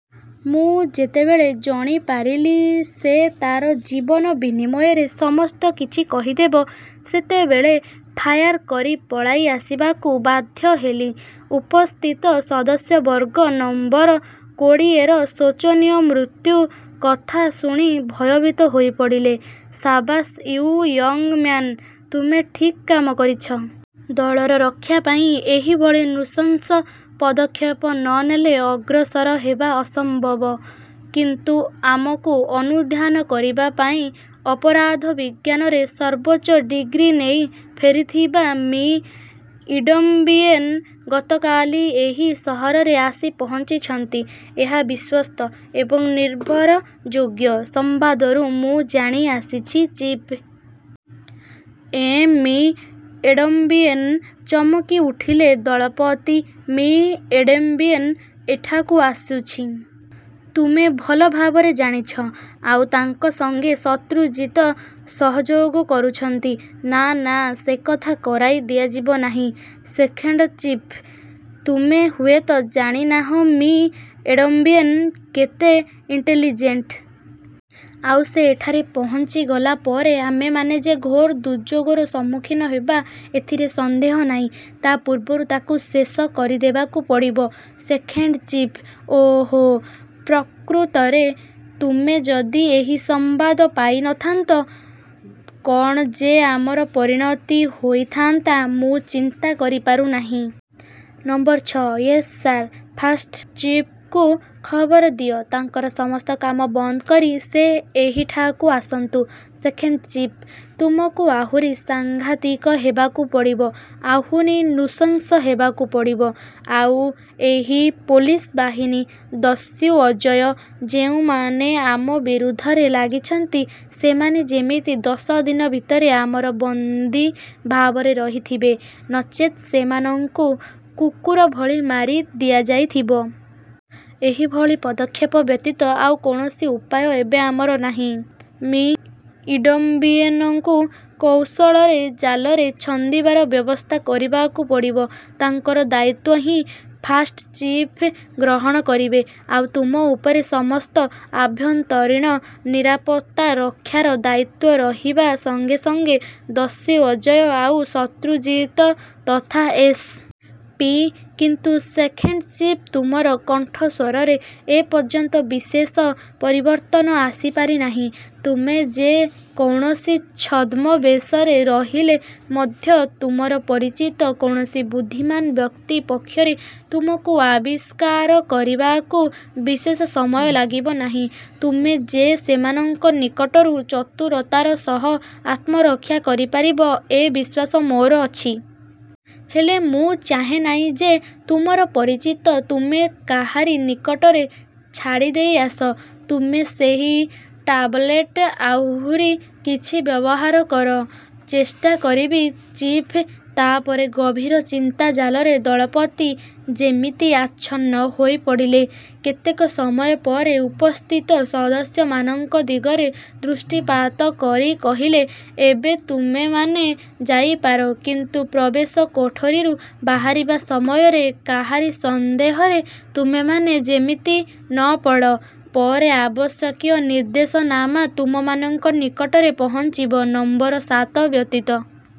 ମୁଁ ଯେତେବେଳେ ଜଣିପାରିଲି ସେ ତାର ଜୀବନ ବିନିମୟରେ ସମସ୍ତ କିଛି କହିଦେବ, ସେତେବେଳେ ଫାୟାର୍ କରି ପଳାଇ ଆସିବାକୁ ବାଧ୍ୟ ହେଲି। ଉପସ୍ଥିତ ସଦସ୍ୟବର୍ଗ ନମ୍ବର କୋଡ଼ିଏର ଶୋଚନୀୟ ମୃତ୍ୟୁ କଥା ଶୁଣି ଭୟଭୀତ ହୋଇପଡ଼ିଲେ। ସାବାସ୍ ୟୁ ୟଙ୍ଗ୍ ମ୍ୟାନ୍। ତୁମେ ଠିକ୍ କାମ କରିଛ। ଦଳର ରକ୍ଷା ପାଇଁ ଏହିଭଳି ନୃଶଂସ ପଦକ୍ଷେପ ନ ନେଲେ ଅଗ୍ରସର ହେବା ଅସମ୍ବବ। କିନ୍ତୁ ଆମକୁ ଆନୁଧ୍ୟାନ କରିବା ପାଇଁ ଅପରାଧ ବିଜ୍ଞାନରେ ସର୍ବୋଚ୍ଚ ଡିଗ୍ରୀ ନେଇ ଫେରିଥିବା ମି: ଇଡମ୍ବିଏନ୍ ଗତକାଲି ଏହି ସହରରେ ଆସି ପହଞ୍ଚିଛନ୍ତି। ଏହା ବିଶ୍ୱସ୍ତ ଏବଂ ନିର୍ଭରଯୋଗ୍ୟ ସମ୍ବାଦରୁ ମୁଁ ଜାଣି ଆସିଛି, ଚିଫ୍। ଏଁ ମି: ଇଡମ୍ବିଏନ୍। ଚମକି ଉଠିଲେ ଦଳପତି। ମି: ଇଡେମ୍ବିଏନ୍ ଏଠାକୁ ଆସୁଛି? ତୁମେ ଭଲ ଭାବେରେ ଜାଣିଛ? ଆଉ ତାଙ୍କ ସଙ୍ଗେ ଶତ୍ରୁଜିତ ସହଯୋଗ କରୁଛନ୍ତି। ନା, ନା, ସେ କଥା କରାଇ ଦିଆଯିବ ନାହିଁ ସେକେଣ୍ଡ ଚିଫ୍। ତୁମେ ହୁଏତ ଜାଣି ନାହଁ ମି: ଇଡମ୍ବିଏନ୍ କେତେ ଇଣ୍ଟେଲିଜେଣ୍ଟ୍। ଆଉ ସେ ଏଠାରେ ପହଞ୍ଚିଗଲା ପରେ ଆମେମାନେ ଯେ ଘୋର ଦୁର୍ଯୋଗର ସମ୍ମୁଖୀନ ହେବା ଏଥିରେ ସନ୍ଦେହ ନାହିଁ। ତା ପୂର୍ବରୁ ତାକୁ ଶେଷ କରି ଦେବାକୁ ପଡ଼ିବ, ସେକେଣ୍ଡ ଚିଫ୍। ଓଃ, ପ୍ରକୃତରେ ତୁମେ ଯଦି ଏହି ସମ୍ବାଦ ପାଇ ନଥାନ୍ତ, କ'ଣ ଯେ ଆମର ପରିଣତି ହୋଇଥାଆନ୍ତା, ମୁଁ ଚିନ୍ତା କରିପାରୁ ନାହିଁ। ନମ୍ବର ଛ'-. Yes sir. ଫାଷ୍ଟ ଚିଫ୍ଙ୍କୁ ଖବର ଦିଅ। ତାଙ୍କର ସମସ୍ତ କାମ ବନ୍ଦ କରି ସେ ଏହିଠାକୁ ଆସନ୍ତୁ। Second chief. ତୁମକୁ ଆହୁରି ସଙ୍ଘାତିକ ହେବାକୁ ପଡ଼ିବ, ଆହୁରି ନୃଶଂସ ହେବାକୁ ପଡ଼ିବ। ଆଉ ଏହି ପୋଲିସ ବାହିନୀ, ଦସ୍ୟୁ ଅଜୟ-ଯେଉଁମାନେ ଆମ ବିରୁଦ୍ଧରେ ଲାଗିଛନ୍ତି, ସେମାନେ ଯେମିତି ଦଶ ଦିନ ଭିତରେ ଆମର ବନ୍ଦୀ ଭାବରେ ରହିଥିବେ; ନଚେତ୍ ସୋମାନଙ୍କୁ କୁକୁର ଭଳି ମାରି ଦିଆଯାଇଥିବ। ଏହି ଭଳି ପଦକ୍ଷେପ ବ୍ୟତୀତ ଆଉ କୌଣସି ଉପାୟ ଏବେ ଆମର ନାହିଁ-। ମି: ଇଡମ୍ବିଏନଙ୍କୁ କୌଶଳରେ ଜାଲରେ ଛନ୍ଦିବାର ବ୍ୟବସ୍ଥା କରିବାକୁ ପଡ଼ିବ। ତାଙ୍କର ଦାୟିତ୍ୱ ହିଁ ଫାଷ୍ଟ୍ ଚିଫ୍ ଗ୍ରହଣ କରିବେ। ଆଉ ତୁମ ଉପରେ ସମସ୍ତ ଆଭ୍ୟନ୍ତରୀଣ ନିରାପତ୍ତା ରକ୍ଷାର ଦାୟିତ୍ୱ ରହିବା ସଙ୍ଗେ ସଙ୍ଗେ ଦସ୍ୟୁ ଅଜୟ ଆଉ ଶତ୍ରୁଜିତ ତଥା ଏସ୍. ପି କିନ୍ତୁ ସେକେଣ୍ଡ ଚିଫ୍, ତୁମର କଣ୍ଠସ୍ୱରରେ ଏ ପର୍ଯ୍ୟନ୍ତ ବିଶେଷ ପରିବର୍ତ୍ତନ ଆସିପାରି ନାହିଁ। ତୁମେ ଯେ କୌଣସି ଛଦ୍ମ ବେଶରେ ରହିଲେ ମଧ୍ୟ ତୁମର ପରିଚିତ କୌଣସି ବୁଦ୍ଧିମାନ ବ୍ୟକ୍ତି ପକ୍ଷରେ ତୁମକୁ ଆବିଷ୍କାର କରିବାକୁ ବିଶେଷ ସମୟ ଲାଗିବ ନାହିଁ। ତୁମେ ଯେ ସେମାନଙ୍କ ନିକଟରୁ ଚତୁରତାର ସହ ଆତ୍ମରକ୍ଷା କରି ପାରିବ ଏ ବିଶ୍ୱାସ ମୋର ଅଛି। ହେଲେ, ମୁଁ ଚାହେଁ ନାହିଁ ଯେ ତୁମର ପରିଚିତ ତୁମେ କାହାରି ନିକଟରେ ଛାଡ଼ିଦେଇ ଆସ। ତୁମେ ସେହି ଟାବଲେଟ୍ ଆହୁରି କିଛି ବ୍ୟବହାର କର। ଚେଷ୍ଟା କରିବି, ଚିଫ୍ ତା ପରେ ଗଭୀର ଚିନ୍ତା ଜାଲରେ ଦଳପତି ଯେମିତି ଆଚ୍ଛନ୍ନ ହୋଇପଡ଼ିଲେ। କେତେକ ସମୟ ପରେ ଉପସ୍ଥିତ ସଦସ୍ୟମାନଙ୍କ ଦିଗରେ ଦୃଷ୍ଟିପାତ କରି କହିଲେ-ଏବେ ତୁମେମାନେ ଯାଇପାର; କିନ୍ତୁ ପ୍ରବେଶ କୋଠରିରୁ ବାହାରିବା ସମୟରେ କାହାରି ସନ୍ଦେହରେ ତୁମେମାନେ ଯେମିତି ନ ପଡ଼। ପରେ ଆବଶ୍ୟକୀୟ ନିର୍ଦ୍ଦେଶନାମା ତୁମମାନଙ୍କ ନିକଟରେ ପହଞ୍ଚିବ। ନମ୍ବର ସାତ ବ୍ୟତୀତ